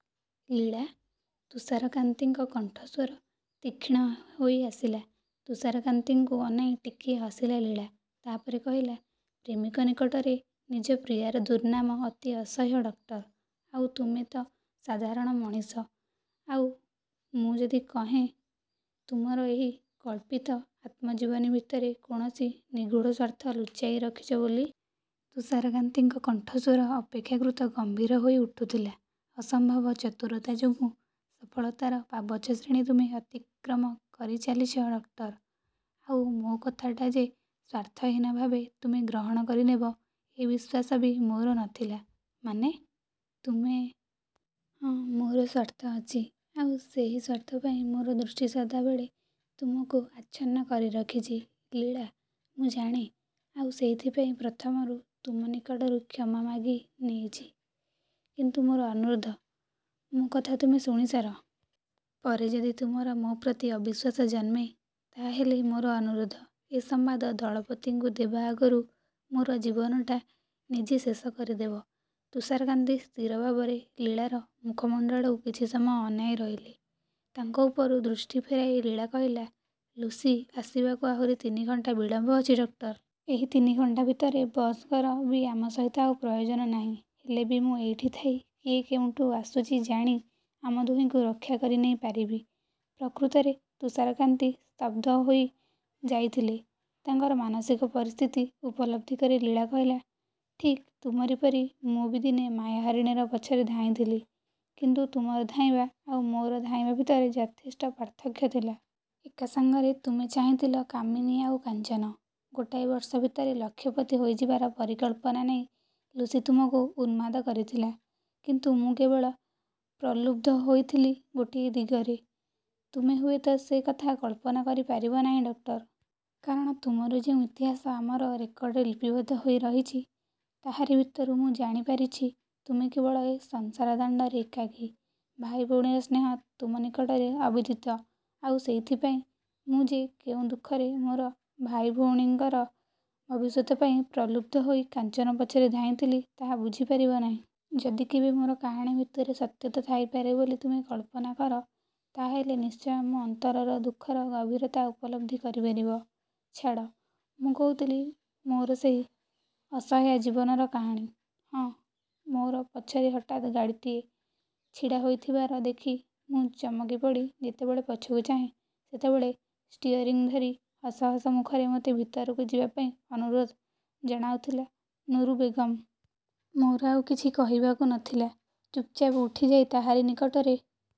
ଲୀଳା! ତୁଷାରକାନ୍ତିଙ୍କ କଣ୍ଠସ୍ୱର ତୀକ୍ଷ୍ଣ ହୋଇ ଆସିଲା। ତୁଷାରକାନ୍ତିଙ୍କୁ ଅନାଇ ଟିକିଏ ହସିଲା ଲୀଳା। ତା ପରେ କହିଲା-ପ୍ରେମିକ ନିକଟରେ ନିଜ ପ୍ରିୟାର ଦୁର୍ନାମ ଅତି ଅସହ୍ୟ ଡକ୍ଟର-। ଆଉ ତୁମେ ତ ସାଧାରଣ ମଣିଷ। ଆଉ ମୁଁ ଯଦି କହେଁ; ତୁମର ଏହି କଳ୍ପିତ ଆତ୍ମଜୀବନୀ ଭିତରେ କୌଣସି ନିଗୂଢ଼ ସ୍ୱାର୍ଥ ଲୁଚାଇ ରଖିଛ ବୋଲି? ତୁଷାରକାନ୍ତିଙ୍କ କଣ୍ଠସ୍ୱର ଅପେକ୍ଷାକୃତ ଗମ୍ଭୀର ହୋଇ ଉଠୁଥିଲା। ଅସମ୍ଭବ ଚତୁରତା ଯୋଗୁଁ ସଫଳତାର ପାବଚ୍ଛଶ୍ରେଣୀ ତୁମେ ଅତିକ୍ରମ କରି ଚାଲିଛ; ଡକ୍ଟର। ଆଉ ମୋ କଥାଟା ଯେ ସ୍ୱାର୍ଥହୀନ ଭାବେ ତୁମେ ଗ୍ରହଣ କରିନେବ, ଏ ବିଶ୍ୱାସ ବି ମୋର ନ ଥିଲା। ମାନେ? ତୁମେ ହଁ, ମୋର ସ୍ୱାର୍ଥ ଅଛି। ଆଉ ସେହି ସ୍ୱାର୍ଥ ପାଇଁ ମୋର ଦୃଷ୍ଟି ସଦାବେଳେ ତୁମକୁ ଆଚ୍ଛନ୍ନ କରିରଖିଛି। ଲୀଳା ମୁଁ ଜାଣେ, ଆଉ ସେଇଥିପାଇଁ ପ୍ରଥମରୁ ତୁମ ନିକଟରୁ କ୍ଷମା ମାଗି ନେଇଛି; କିନ୍ତୁ ମୋର ଅନୁରୋଧ, ମୋ କଥା ତୁମେ ଶୁଣି ସାର। ପରେ ଯଦି ତୁମର ମୋ ପ୍ରତି ଅବିଶ୍ୱାସ ଜନ୍ମେ, ତା ହେଲେ ମୋର ଅନୁରୋଧ, ଏ ସମ୍ବାଦ ଦଳପତିଙ୍କୁ ଦେବା ଆଗରୁ ମୋର ଜୀବନଟା ନିଜେ ଶେଷ କରିଦେବ। ତୁଷାରକାନ୍ତି ସ୍ଥିର ଭାବରେ ଲୀଳାର ମୁଖମଣ୍ଡଳକୁ କିଛି ସମୟ ଅନାଇ ରହିଲେ। ତାଙ୍କ ଉପରୁ ଦୃଷ୍ଟି ଫେରାଇ ଲୀଳା କହିଲା-ଲୁସି ଆସିବାକୁ ଆହୁରି ତିନି ଘଣ୍ଟା ବିଳମ୍ବ ଅଛି ଡକ୍ଟର। ଏହି ତିନି ଘଣ୍ଟା ଭିତରେ ବସଙ୍କର ବି ଆମ ସହିତ ଆଉ ପ୍ରୟୋଜନ ନାହିଁ। ହେଲେ ବି ମୁଁ ଏଇଠି ଥାଇ କିଏ କେଉଁଠୁ ଆସୁଛି ଜାଣି, ଆମ ଦୁହିଙ୍କୁ ରକ୍ଷା କରିନେଇ ପାରିବି। ପ୍ରକୃତରେ ତୁଷାରକାନ୍ତି ସ୍ତବ୍ଧ ହୋଇ ଯାଇଥିଲେ। ତାଙ୍କର ମାନସିକ ପରିସ୍ଥିତି ଉପଲବ୍ଧି କରି ଲୀଳା କହିଲା-ଠିକ୍ ତୁମରି ପରି ମୁଁ ବି ଦିନେ ମାୟା ହରିଣୀର ପଛରେ ଧାଇଁଥିଲି; କିନ୍ତୁ ତୁମର ଧାଇଁବା ଆଉ ମୋର ଧାଇଁବା ଭିତରେ ଯଥେଷ୍ଟ ପାର୍ଥକ୍ୟ ଥିଲା। ଏକା ସାଙ୍ଗରେ ତୁମେ ଚାହିଁଥିଲ କାମିନୀ ଆଉ କାଞ୍ଚନ। ଗୋଟାଏ ବର୍ଷ ଭିତରେ ଲକ୍ଷପତି ହୋଇଯିବାର ପରିକଳ୍ପନା ନେଇ ଲୁସି ତୁମକୁ ଉନ୍ମାଦ କରିଥିଲା। କିନ୍ତୁ ମୁଁ କେବଳ ପ୍ରଲୁବ୍ଧ ହୋଇଥିଲି ଗୋଟିଏ ଦିଗରେ। ତୁମେ ହୁଏ ତ ସେ କଥା କଳ୍ପନା କରି ପାରିବ ନାହିଁ ଡକ୍ଟର। କାରଣ ତୁମର ଯେଉଁ ଇତିହାସ ଆମର ରେକର୍ଡରେ ଲିପିବଦ୍ଧ ହୋଇ ରହିଛି, ତାହାରି ଭିତରୁ ମୁଁ ଜାଣିପାରିଛି, ତୁମେ କେବଳ ଏ ସଂସାର ଦାଣ୍ଡରେ ଏକାକୀ। ଭାଇ ଭଉଣୀର ସ୍ନେହ ତୁମ ନିକଟରେ ଅବିଦିତ। ଆଉ ସେଇଥିପାଇଁ ମୁଁ ଯେ କେଉଁ ଦୁଃଖରେ ମୋର ଭାଇ ଭଉଣୀଙ୍କର ଭବିଷ୍ୟତ ପାଇଁ ପ୍ରଲୁବ୍ଧ ହୋଇ କାଞ୍ଚନ ପଛରେ ଧାଇଁଥିଲି, ତାହା ବୁଝିପାରିବ ନାହିଁ। ଯଦି କେବେ ମୋର କାହାଣୀ ଭିତରେ ସତ୍ୟତା ଥାଇପାରେ ବୋଲି ତୁମେ କଳ୍ପନା କର, ତା ହେଲେ ନିଶ୍ଚୟ ମୋ ଅନ୍ତରର ଦୁଃଖର ଗଭୀରତା ଉପଲବ୍ଧି କରିପାରିବ। ଛାଡ଼, ମୁଁ କହୁଥିଲି ମୋର ସେହି। ଅସହାୟ ଜୀବନର କାହାଣୀ। ହଁ, ମୋର ପଛରେ ହଠାତ୍ ଗାଡ଼ିଟିଏ ଛିଡ଼ା ହୋଇଥିବାର ଦେଖି ମୁଁ ଚକମିପଡ଼ି ଯେତେବେଳେ ପଛକୁ ଚାହେଁ, ସେତେବେଳେ ଷ୍ଚିଅରିଂ ଧରି ହସ ହସ ମୁଖରେ ମୋତେ ଭିତରକୁ ଯିବା ପାଇଁ ଅନୁରୋଧ ଜଣାଉଥିଲା ନୁରୁ ବେଗମ। ମୋର ଆଉ କିଛି କହିବାକୁ ନ ଥିଲା। ଚୁପଚାପ୍ ଉଠିଯାଇ ତାହାରି ନିକଟରେ